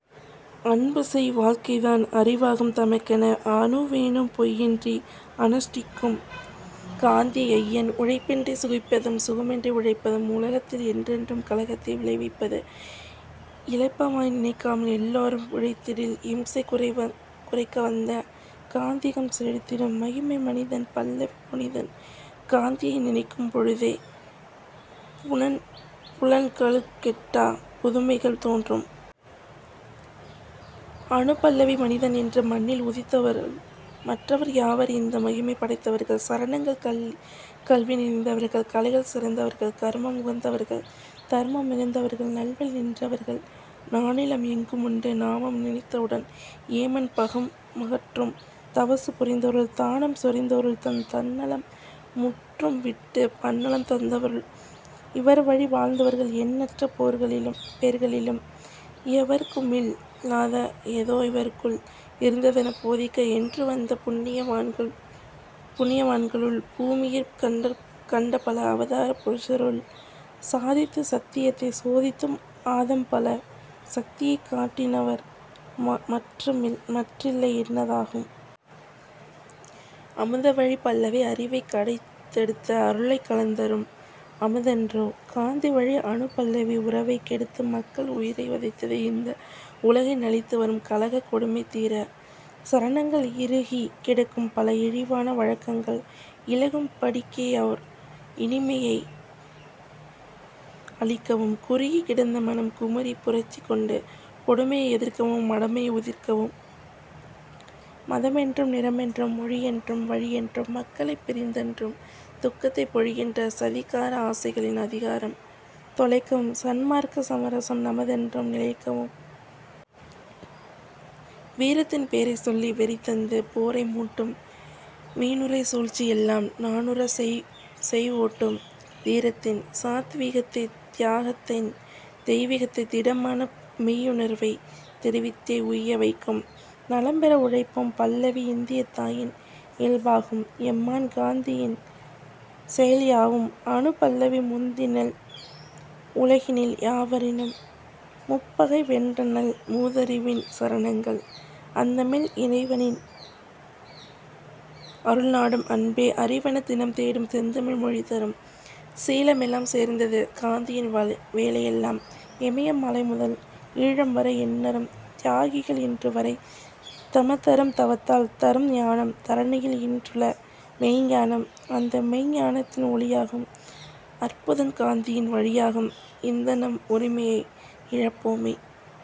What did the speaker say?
அன்புசெய் வாழ்க்கைதான் அறிவாகும் தமக்கென அணுவேனும் பொய்யின்றி அனுஷ்டிக்கும் காந்திஐயன். உழைப்பின்றிச் சுகிப்பதும் சுகமின்றி உழைப்பதும் உலகத்தில் என்றென்றும் கலகத்தை விளைவிப்பது. இளப்பமாய் நினைக்காமல் எல்லாரும் உழைத்திடில் இம்சை குறைக்கவந்த காந்தீயம் செழித்திடும்.. மகிமை மனிதன் பல்லவி புனிதன் காந்தியை நினைக்கும் பொழுதே புலன்களுக் கெட்டாப் புதுமைகள் தோன்றும். அநுபல்லவி மனிதன் என்று மண்ணில் உதித்தவருள் மற்றவர் யாவர்இந்த மகிமை படைத்தவர்கள்? சரணங்கள் கல்வி நிறைந்தவர்கள் கலைகள் சிறந்தவர்கள் கர்மம் உகந்தவர்கள் தர்மம் மிகுந்தவர்கள் நல்வழி நின்றவர்கள் நானிலம் எங்குமுண்டு நாமம் நினைத்தவுடன் ஏமன் பயமகற்றும். தவசு புரிந்தவருள் தானம் சொரிந்தவருள் தந்நலம் முற்றும்விட்டுப் பன்னலம் தந்தவருள் இவர்வழி வாழ்ந்தவர்கள் எண்ணற்ற பேர்களிலும் எவர்க்குமில் லாதஎதோ இவர்க்குள் இருந்ததென போதிக்க என்றுவந்த புண்ணிய வான்களுக்குள் பூமியிற் கண்டபல அவதார புருஷருள் சாதித்துச் சத்தியத்தைச் சோதித்தும் ஆதம்பல சக்தியைக் காட்டினவர் மற்றில்லை என்னத்தகும்.. அமுத வழி பல்லவி அறிவைக் கடைந்தெடுத்த அருளைக் கலந்துதரும் அமுதன்றோ காந்தி வழி அநுபல்லவி உறவைக் கெடுத்துமக்கள் உயிரை வதைத்தேஇந்த உலகை நலித்துவரும் கலகக் கொடுமைதீர சரணங்கள் இறுகிக் கிடக்கும்பல இழிவான வழக்கங்கள் இளகும் படிக்கேயோர் இனிமையை அளிக்கவும் குறுகிக் கிடந்தமனம் குமுறிப் புரட்சி கொண்டு கொடுமையை எதிர்க்கவும் மடமையை உதிர்க்கவும் மதமென்றும் நிறமென்றும் மொழியென்றும் வழியென்றும் மக்களைப் பிரித்தென்றும் துக்கத்தைப் பொழிகின்ற சதிகார ஆசைகளின் அதிகாரம் தொலைக்கவும் சன்மார்க்க சமரசம் நமதென்றும் நிலைக்கவும். வீரத்தின் பேரைச்சொல்லி வெறிதந்து போரைமூட்டும் வீணுரை சூழ்ச்சியெல்லாம் நாணுறச் செய்ஓட்டும் தீரத்தின் சாத்வீகத்தைத் த்யாகத்தின் தெய்விகத்தைத் திடமான மெய்யுணர்வைத் தெரிவித்தே உய்யவைக்கும்.. நலம் பெற உழைப்போம் பல்லவி இந்தியத் தாயின் இயல்பாகும் எம்மான் காந்தியின் செயல்யாவும். அநுபல்லவி முந்தினள் உலகினில் யாவரினும் முப்பகை வென்றநல் மூதறிவின் சரணங்கள் அந்தமில் இறைவனின் அருள்நாடும் அன்பே அறிவெனத் தினம்தேடும் செந்தமிழ் மொழிதரும் சீலமெலாம் சேர்ந்தது காந்தியின் வேலையெல்லாம் இமயம் மலைமுதல் ஈழம்வரை எண்ணரும் த்யாகிகள் இன்றுவரை தமதரும் தவத்தால் தரும்ஞானம் தரணியில் இன்றுள மெய்ஞ்ஞானம் அந்தமெய்ஞ் ஞானத்தின் ஒளியாகும் அற்புதன் காந்தியின் வழியாகும் இந்தநம் உரிமையை இழப்போமோ?